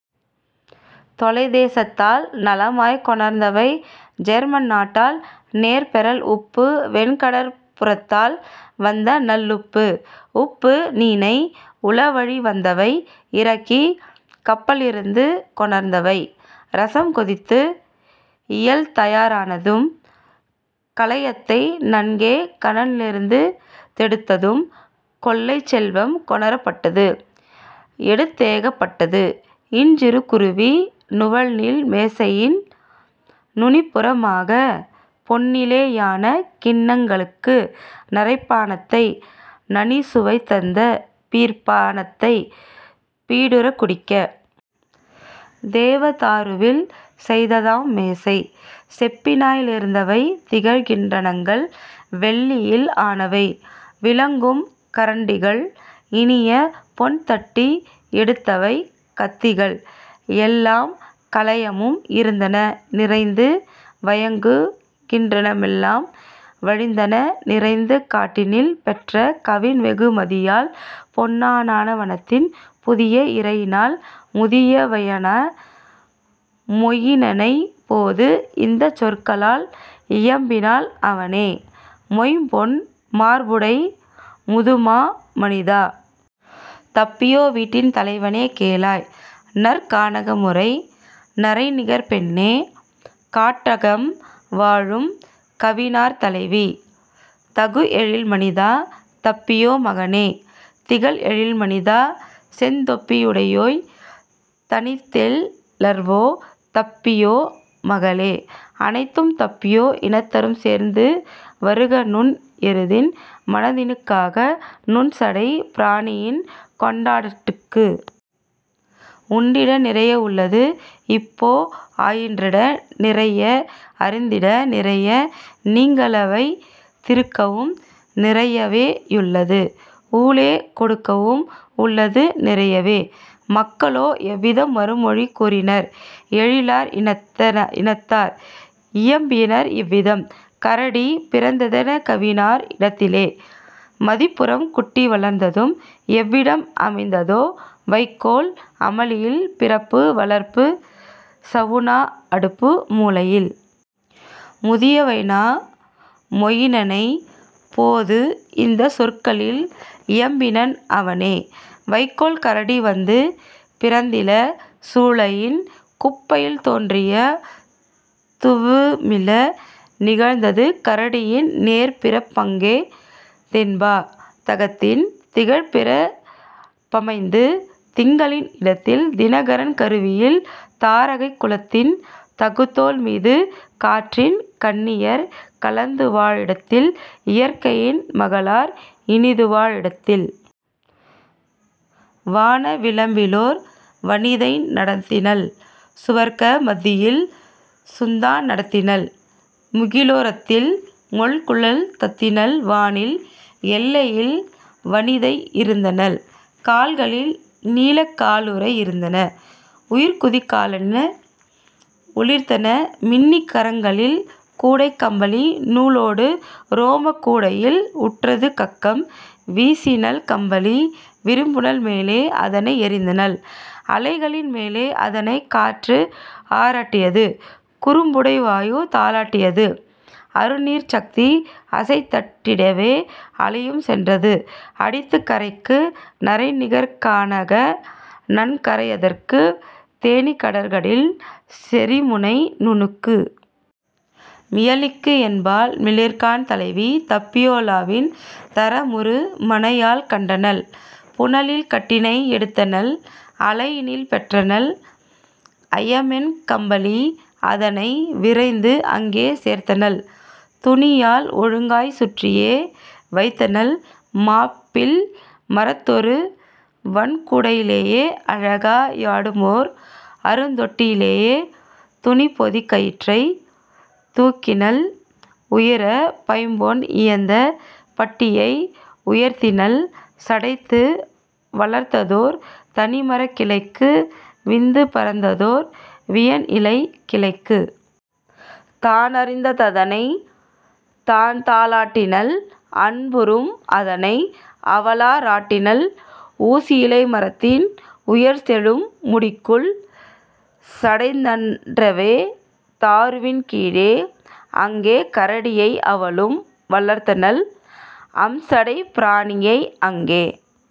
தொலைதே சத்தால் நலமாய்க் கொணர்ந்தவை German நாட்டால் நேர்பெறல் உப்பு வெண்கடற் புறத்தால் வந்தநல் loop உப்பு நீணை உளவழி வந்தவை இறக்கிக் கப்பலி லிருந்து கொணர்ந்தவை. இரசம் கொதித்து இயல்தயா ரானதும் கலயத்தை நன்கே கனலிருந் தெடுத்ததும் கொள்ளைச் செல்வம் கொணரப் பட்டது எடுத்தேகப் பட்டது இன்சிறு குருவி நுவல்நீள் மேசையின் நுனிப்புற மாக பொன்னிலே யான கிண்ணங் களுக்கு நறைப்பா னத்தை நனிசுவைத் தருந்த பீர் ப்பா னத்தைப் பீடுறக் குடிக்க. தேவ தாருவில் செய்ததம் மேசை செப்பினா லியந்தவை திகழ்கிண் ணங்கள் வெள்ளியில் ஆனவை விளங்கும் கரண்டிகள் இனியபொன் தட்டி எடுத்தவை கத்திகள்; எல்லாக் கலயமும் இருந்தன நிறைந்து வயங்குகிண் ணமெலாம் வழிந்தன நிறைந்து காட்டினில் பெற்ற கவின்வெகு மதியால் பொன்னான வனத்தின் புதிய இரையினால். முதிய வைனா மொயினனைப் போது இந்தச் சொற்களில் இயம்பினன் அவனே: "மொய்ம்பொன் மார்புடை முதுமா மனிதா! தப்பியோ வீட்டின் தலைவனே கேளாய்! நற்கா னகமுறை நறைநிகர் பெண்ணே! காட்டகம் வாழும் கவினார் தலைவி! தகுஎழில் மனிதா, தப்பியோ மகனே! திகழ்எழில் மனிதா, செந்தொப்பி யுடையோய்! தனித்தெல் லர்வோ, தப்பியோ மகளே! அனைத்துத் தப்பியோ இனத்தரும் சேர்ந்து வருகநும் எருதின் மணத்தினுக் காக நும்சடைப் பிராணியின் கொண்டாட் டுக்கு! உண்டிட நிறைய உள்ளது இப்போ அயின்றிட நிறைய, அருந்திட நிறைய, நீங்கள்வைத் திருக்கவும் நிறையவே யுள்ளது ஊலே கொடுக்கவும் உள்ளது நிறையவே. " மக்களோ இவ்விதம் மறுமொழி கூறினர் எழிலார் இனத்தார் இயம்பினர் இவ்விதம்: "கரடி பிறந்ததெக் கவினார் இடத்திலே மதிப்புறும் குட்டி வளர்ந்ததும் எவ்விடம் அமைந்ததா வைக்கோல் அமளியில் பிறப்பு வளர்ப்புச் சவுனா அடுப்பு மூலையில்? " முதிய வைனா மொயினனைப் போது இந்தச் சொற்களில் இயம்பினன் அவனே: "வைக்கோல் கரடி வந்து பிறந்தில சூளையின் குப்பையில் தோன்றிய துவுமில நிகழ்ந்தது கரடியின் நேர்ப்பிறப் பங்கே தேன்பா தத்தின் திகழ்பிறப் பமைந்தது திங்களின் இடத்தில் தினகரன் கருவில் தாரகைக் குலத்தின் தகுதோள் மீது காற்றின் கன்னியர் கலந்துவா ழிடத்தில் இயற்கையின் மகளார் இனிதுவா ழிடத்தில். வான விளிம்பிலோர் வனிதை நடந்தனள் சுவர்க்க மத்தியில் சுந்தா நடந்தனள் முகிலோ ரத்தில் மொய்குழல் தாத்தனள் வானின் எல்லையில் வனிதை இருந்தனள் கால்களில் நீலக் காலுறை யிருந்தன உயர்குதிக் காலணி ஒளிர்ந்தன மின்னி கரங்களில் கூடை கம்பளி நூலொடு உரோமக் கூடையும் உற்றது கக்கம்; வீசினள் கம்பளி விபுனல் மேலே அதனை எறிந்தனள் அலைகளின் மேலே அதனைக் காற்று ஆராட் டியது குறும்புடை வாயு தாலாட் டியது அருநீர்ச் சக்தி அசைந்தாட் டிடவே அலையும் சென்றது அடித்துக் கரைக்கு நறைநிகர் கானக நன்கரை யதற்கு தேனிகர் கடலின் செறிமுனை நுனிக்கு. மியெலிக்கி என்பாள் மிளிர்கான் தலைவி தப்பியோ லாவின் தரமுறு மனையாள் கண்டனள் புனலில் கட்டினை எடுத்தனள் அலையினில் பெற்றனள் அயமென் கம்பளி. அதனை விரைந்து அங்கே சேர்த்தனள் துணியால் ஒழுங்காய்ச் சுற்றியே வைத்தனள் மாப்பிள் மரத்தொரு வன்கூ டையிலே அழகா யாடுமோர் அருந்தொட் டிலிலே; துணிப்பொதிக் கயிற்றை தூக்கினள் உயர பைம்பொன் இயைந்த பட்டியை உயர்த்தினள் சடைத்து வளர்ந்ததோர் தனிமரக் கிளைக்கு விந்து பரந்ததோர் வியன்இலைக் கிளைக்கு. தானறிந் ததனை தான்தா லாட்டினள் அன்புறும் அதனை அவளா ராட்டினள் ஊசிலை மரத்தின் உயர்செழும் முடிக்குள் சடைத்தநற் றேவ தாருவின் கீழே; அங்கே கரடியை அவளும் வளர்த்தனள் அம்சடைப் பிராணியை அங்கே